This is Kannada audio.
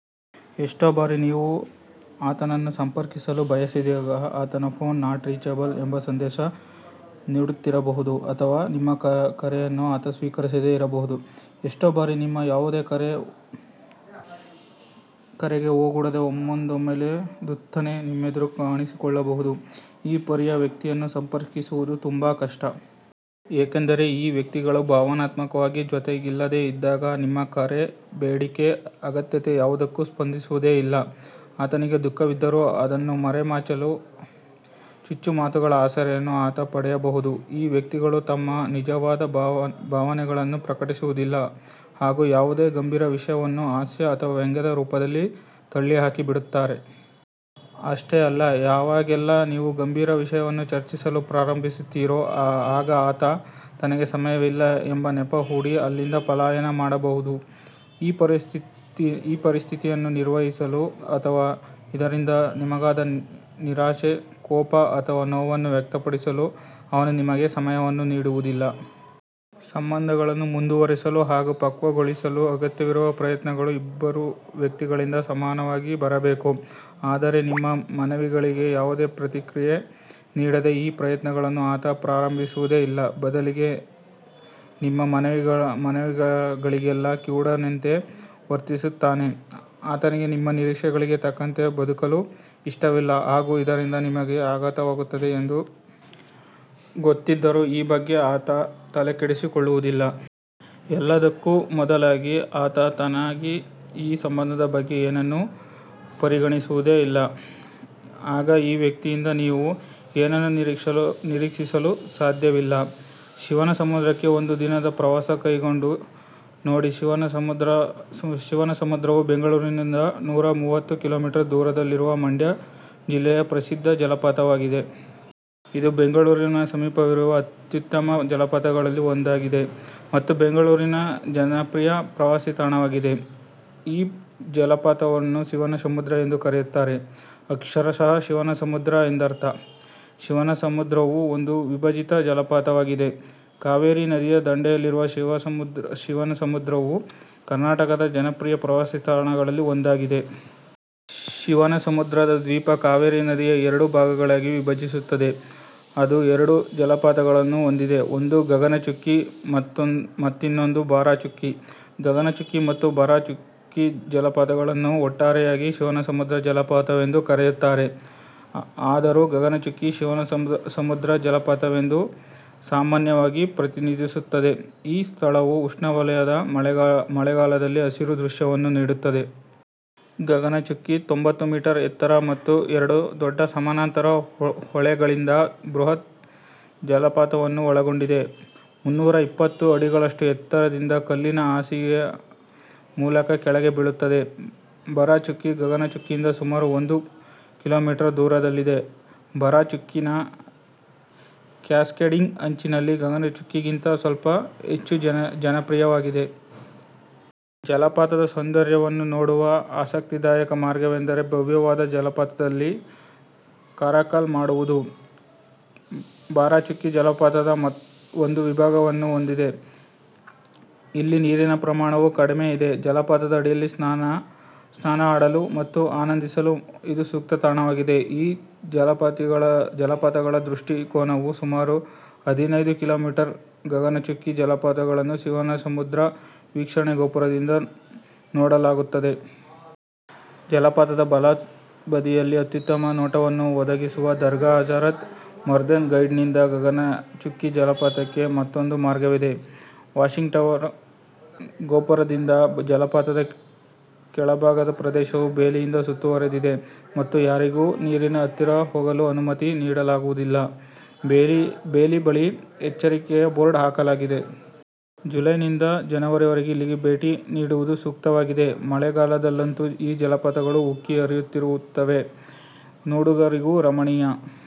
ಎಷ್ಟೋ ಬಾರಿ, ನೀವು ಆತನನ್ನು ಸಂಪರ್ಕಿಸಲು ಬಯಸಿದಾಗ ಆತನ ಫೋನ್ ನಾಟ್ ರೀಚಬಲ್ ಎಂಬ ಸಂದೇಶ ನೀಡುತ್ತಿದ್ದಿರಬಹುದು ಅಥವಾ ನಿಮ್ಮ ಕರೆಯನ್ನು ಆತ ಸ್ವೀಕರಿಸದೇ ಇರಬಹುದು. ಎಷ್ಟೋ ಬಾರಿ ನಿಮ್ಮ ಯಾವುದೇ ಕರೆಗೆ ಓಗೊಡದೇ ಒಮ್ಮಿಂದೊಮ್ಮೆಲೇ ಧುತ್ತನೆ ನಿಮ್ಮೆದುರು ಕಾಣಿಸಿಕೊಳ್ಳಬಹುದು. ಈ ಪರಿಯ ವ್ಯಕ್ತಿಯನ್ನು ಸಂಪರ್ಕಿಸುವುದು ತುಂಬಾ ಕಷ್ಟ. ಏಕೆಂದರೆ, ಈ ವ್ಯಕ್ತಿಗಳು ಭಾವನಾತ್ಮಕವಾಗಿ ಜೊತೆಗಿಲ್ಲದೇ ಇದ್ದಾಗ ನಿಮ್ಮ ಕರೆ, ಬೇಡಿಕೆ, ಅಗತ್ಯತೆ ಯಾವುದಕ್ಕೂ ಸ್ಪಂದಿಸುವುದೇ ಇಲ್ಲ. ಆತನಿಗೆ ದುಃಖವಿದ್ದರೂ ಇದನ್ನು ಮರೆಮಾಚಲು ಚುಚ್ಚುಮಾತುಗಳ ಆಸರೆಯನ್ನು ಆತ ಪಡೆಯಬಹುದು. ಈ ವ್ಯಕ್ತಿಗಳು ತಮ್ಮ ನಿಜವಾದ ಭಾವನೆಗಳನ್ನು ಪ್ರಕಟಿಸುವುದಿಲ್ಲ ಹಾಗೂ ಯಾವುದೇ ಗಂಭೀರ ವಿಷಯವನ್ನೂ ಹಾಸ್ಯ ಅಥವಾ ವ್ಯಂಗ್ಯದ ರೂಪದಲ್ಲಿ ತಳ್ಳಿಹಾಕಿಬಿಡುತ್ತಾರೆ. ಅಷ್ಟೇ ಅಲ್ಲ, ಯಾವಾಗೆಲ್ಲಾ ನೀವು ಗಂಭೀರ ವಿಷಯಗಳನ್ನು ಚರ್ಚಿಸಲು ಪ್ರಾರಂಭಿಸುತ್ತೀರೋ ಆಗ ಆತ ತನಗೆ ಸಮಯವಿಲ್ಲ ಎಂಬ ನೆಪ ಹೂಡಿ ಅಲ್ಲಿಂದ ಪಲಾಯನ ಮಾಡಬಹುದು. ಈ ಪರಿಸ್ಥಿತಿಯನ್ನು ನಿರ್ವಹಿಸಲು ಅಥವಾ ಇದರಿಂದ ನಿಮಗಾದ ನಿರಾಶೆ, ಕೋಪ ಅಥವಾ ನೋವನ್ನು ವ್ಯಕ್ತಪಡಿಸಲೂ ಅವನು ನಿಮಗೆ ಸಮಯವನ್ನು ನೀಡುವುದಿಲ್ಲ. ಸಂಬಂಧವನ್ನು ಮುಂದುವರೆಸಲು ಹಾಗೂ ಪಕ್ವಗೊಳಿಸಲು ಅಗತ್ಯವಿರುವ ಪ್ರಯತ್ನಗಳು ಇಬ್ಬರೂ ವ್ಯಕ್ತಿಗಳಿಂದ ಸಮಾನವಾಗಿ ಬರಬೇಕು. ಆದರೆ ನಿಮ್ಮ ಮನವಿಗಳಿಗೆ ಯಾವುದೇ ಪ್ರತಿಕ್ರಿಯೆ ನೀಡದೇ ಈ ಪ್ರಯತ್ನಗಳನ್ನು ಆತ ಪ್ರಾರಂಭಿಸುವುದೇ ಇಲ್ಲ, ಬದಲಿಗೆ, ನಿಮ್ಮ ಮನವಿಗಳಿಗೆಲ್ಲಾ ಕಿವುಡನೆಂತೆ ವರ್ತಿಸುತ್ತಾನೆ. ಆತನಿಗೆ ನಿಮ್ಮ ನಿರೀಕ್ಷೆಗಳಿಗೆ ತಕ್ಕಂತೆ ಬದುಕಲು ಇಷ್ಟವಿಲ್ಲ ಹಾಗೂ ಇದರಿಂದ ನಿಮಗೆ ಆಘಾತವಾಗುತ್ತದೆ ಎಂದು ಗೊತ್ತಿದ್ದರೂ ಈ ಬಗ್ಗೆ ಆತ ತಲೆ ಕೆಡಿಸಿಕೊಳ್ಳುವುದಿಲ್ಲ. ಎಲ್ಲಕ್ಕೂ ಮೊದಲಾಗಿ, ಆತ ತಾನಾಗಿ ಈ ಸಂಬಂಧದ ಬಗ್ಗೆ ಏನನ್ನೂ ಪರಿಗಣಿಸುವುದೇ ಇಲ್ಲ. ಆಗ ಈ ವ್ಯಕ್ತಿಯಿಂದ ನೀವು ಏನನ್ನೂ ನಿರೀಕ್ಷಿಸಲು ಸಾಧ್ಯವಿಲ್ಲ. ಶಿವನಸಮುದ್ರಕ್ಕೆ ಒಂದು ದಿನದ ಪ್ರವಾಸ ಕೈಗೊಂಡು ನೋಡಿ ಶಿವನಸಮುದ್ರವು ಬೆಂಗಳೂರಿನಿಂದ ನೂರ ಮೂವತ್ತು ಕಿಲೋಮೀಟರ್ ದೂರದಲ್ಲಿರುವ ಮಂಡ್ಯ ಜಿಲ್ಲೆಯ ಪ್ರಸಿದ್ಧ ಜಲಪಾತವಾಗಿದೆ. ಇದು ಬೆಂಗಳೂರಿನ ಸಮೀಪವಿರುವ ಅತ್ಯುತ್ತಮ ಜಲಪಾತಗಳಲ್ಲಿ ಒಂದಾಗಿದೆ ಮತ್ತು ಬೆಂಗಳೂರಿನ ಜನಪ್ರಿಯ ಪ್ರವಾಸಿತಾಣವಾಗಿದೆ. ಈ ಜಲಪಾತಗಳನ್ನು ಶಿವ ಸಮುದ್ರ ಎಂದೂ ಕರೆಯುತ್ತಾರೆ. ಅಕ್ಷರಶಃ ಶಿವನ ಸಮುದ್ರ ಎಂದರ್ಥ. ಶಿವನಸಮುದ್ರವು ಒಂದು ವಿಭಜಿತ ಜಲಪಾತವಾಗಿದೆ. ಕಾವೇರಿ ನದಿಯ ದಂಡೆಯಲ್ಲಿರುವ ಶಿವನಸಮುದ್ರವು ಕರ್ನಾಟಕದ ಜನಪ್ರಿಯ ಪ್ರವಾಸಿ ಸ್ಥಳಗಳಲ್ಲಿ ಒಂದಾಗಿದೆ. ಶಿವನಸಮುದ್ರದ ದ್ವೀಪ ಕಾವೇರಿ ನದಿಯ ಎರಡು ಭಾಗಗಳಾಗಿ ವಿಭಜಿಸುತ್ತದೆ, ಅದು ಎರಡು ಜಲಪಾತಗಳನ್ನು ಹೊಂದಿದೆ, ಒಂದು ಗಗನಚುಕ್ಕಿ ಮತ್ತು ಇನ್ನೊಂದು ಬರಾಚುಕ್ಕಿ. ಗಗನಚುಕ್ಕಿ ಮತ್ತು ಬರಚುಕ್ಕಿ ಜಲಪಾತಗಳನ್ನು ಒಟ್ಟಾರೆಯಾಗಿ ಶಿವನಸಮುದ್ರ ಜಲಪಾತವೆಂದು ಕರೆಯುತ್ತಾರೆ. ಆದರೂ ಗಗನಚುಕ್ಕಿ ಶಿವನಸಮುದ್ರ ಜಲಪಾತವೆಂದು ಸಾಮಾನ್ಯವಾಗಿ ಪ್ರತಿನಿಧಿಸುತ್ತದೆ. ಈ ಸ್ಥಳವು ಉಷ್ಣವಲಯದ ಮಳೆಗಾಲದಲ್ಲಿ ಹಸಿರು ದೃಶ್ಯವನ್ನು ನೀಡುತ್ತದೆ. ಗಗನಚುಕ್ಕಿ ತೊಂಬತ್ತು ಮೀಟರ್ ಎತ್ತರ ಮತ್ತು ಎರಡು ದೊಡ್ಡ ಸಮಾನಾಂತರ ಹೊಳೆಗಳಿಂದ ಬೃಹತ್ ಜಲಪಾತವನ್ನು ಒಳಗೊಂಡಿದೆ. ಮುನ್ನೂರ ಇಪ್ಪತ್ತು ಅಡಿಗಳಷ್ಟು ಎತ್ತರದಿಂದ ಕಲ್ಲಿನ ಹಾಸಿಗೆಯ ಮೂಲಕ ಕೆಳಗೆ ಬೀಳುತ್ತದೆ. ಭರಾಚುಕ್ಕಿ ಗಗನಚುಕ್ಕಿಯಿಂದ ಸುಮಾರು ಒಂದು ಕಿಲೋಮೀಟರ್ ದೂರದಲ್ಲಿದೆ. ಭರಾಚುಕ್ಕಿನ ಕ್ಯಾಸ್ಕೇಡಿಂಗ್ ಅಂಚಿನಲ್ಲಿ ಗಗನಚುಕ್ಕಿಗಿಂತ ಸ್ವಲ್ಪ ಹೆಚ್ಚು ಜನಪ್ರಿಯವಾಗಿದೆ. ಜಲಪಾತದ ಸೌಂದರ್ಯವನ್ನು ನೋಡುವ ಆಸಕ್ತಿದಾಯಕ ಮಾರ್ಗವೆಂದರೆ ಭವ್ಯವಾದ ಜಲಪಾತದಲ್ಲಿ ಕಾರಾಕಲ್ ಮಾಡುವುದು. ಬರಾಚುಕ್ಕಿ ಜಲಪಾತದ ಒಂದು ವಿಭಾಗವನ್ನು ಹೊಂದಿದೆ, ಅಲ್ಲಿ ನೀರಿನ ಪ್ರಮಾಣವು ಕಡಿಮೆ ಇದೆ. ಜಲಪಾತದ ಅಡಿಯಲ್ಲಿ ಸ್ನಾನ ಆಡಲು ಮತ್ತು ಆನಂದಿಸಲು ಇದು ಸೂಕ್ತ ತಾಣವಾಗಿದೆ. ಈ ಜಲಪಾತಗಳ ದೃಷ್ಟಿಕೋನವು ಸುಮಾರು ಹದಿನೈದು ಕಿಲೋಮೀಟರ್ ಗಗನಚುಕ್ಕಿ ಜಲಪಾತಗಳನ್ನು ಶಿವನಸಮುದ್ರ ವೀಕ್ಷಣೆ ಗೋಪುರದಿಂದ ನೋಡಲಾಗುತ್ತದೆ. ಜಲಪಾತದ ಬಲ ಬದಿಯಲ್ಲಿ ಅತ್ಯುತ್ತಮ ನೋಟವನ್ನು ಒದಗಿಸುವ ದರ್ಗಾ ಹಜರಥ್ ಮರ್ದೆನ್ ಗೈಬ್ನಿಂದ ಗಗನಚುಕ್ಕಿ ಜಲಪಾತಕ್ಕೆ ಮತ್ತೊಂದು ಮಾರ್ಗವಿದೆ. ವಾಶಿಂಗ್ ಟವರ್ ಗೋಪುರದಿಂದ ಜಲಪಾತದ ಕೆಳಭಾಗದ ಪ್ರದೇಶವು ಬೇಲಿಯಿಂದ ಸುತ್ತುವರಿದಿದೆ ಮತ್ತು ಯಾರಿಗೂ ನೀರಿನ ಹತ್ತಿರ ಹೋಗಲು ಅನುಮತಿ ನೀಡಲಾಗುವುದಿಲ್ಲ. ಬೇಲಿ ಬಳಿ ಎಚ್ಚರಿಕೆಯ ಬೋರ್ಡ್ ಹಾಕಲಾಗಿದೆ. ಜುಲೈನಿಂದ ಜನವರಿವರೆಗೆ ಇಲ್ಲಿಗೆ ಭೇಟಿ ನೀಡುವುದು ಸೂಕ್ತವಾಗಿದೆ. ಮಳೆಗಾಲದಲ್ಲಂತೂ ಈ ಜಲಪಾತಗಳು ಉಕ್ಕಿಹರಿಯುತ್ತಿರುತ್ತವೆ. ನೋಡುಗರಿಗೂ ರಮಣೀಯ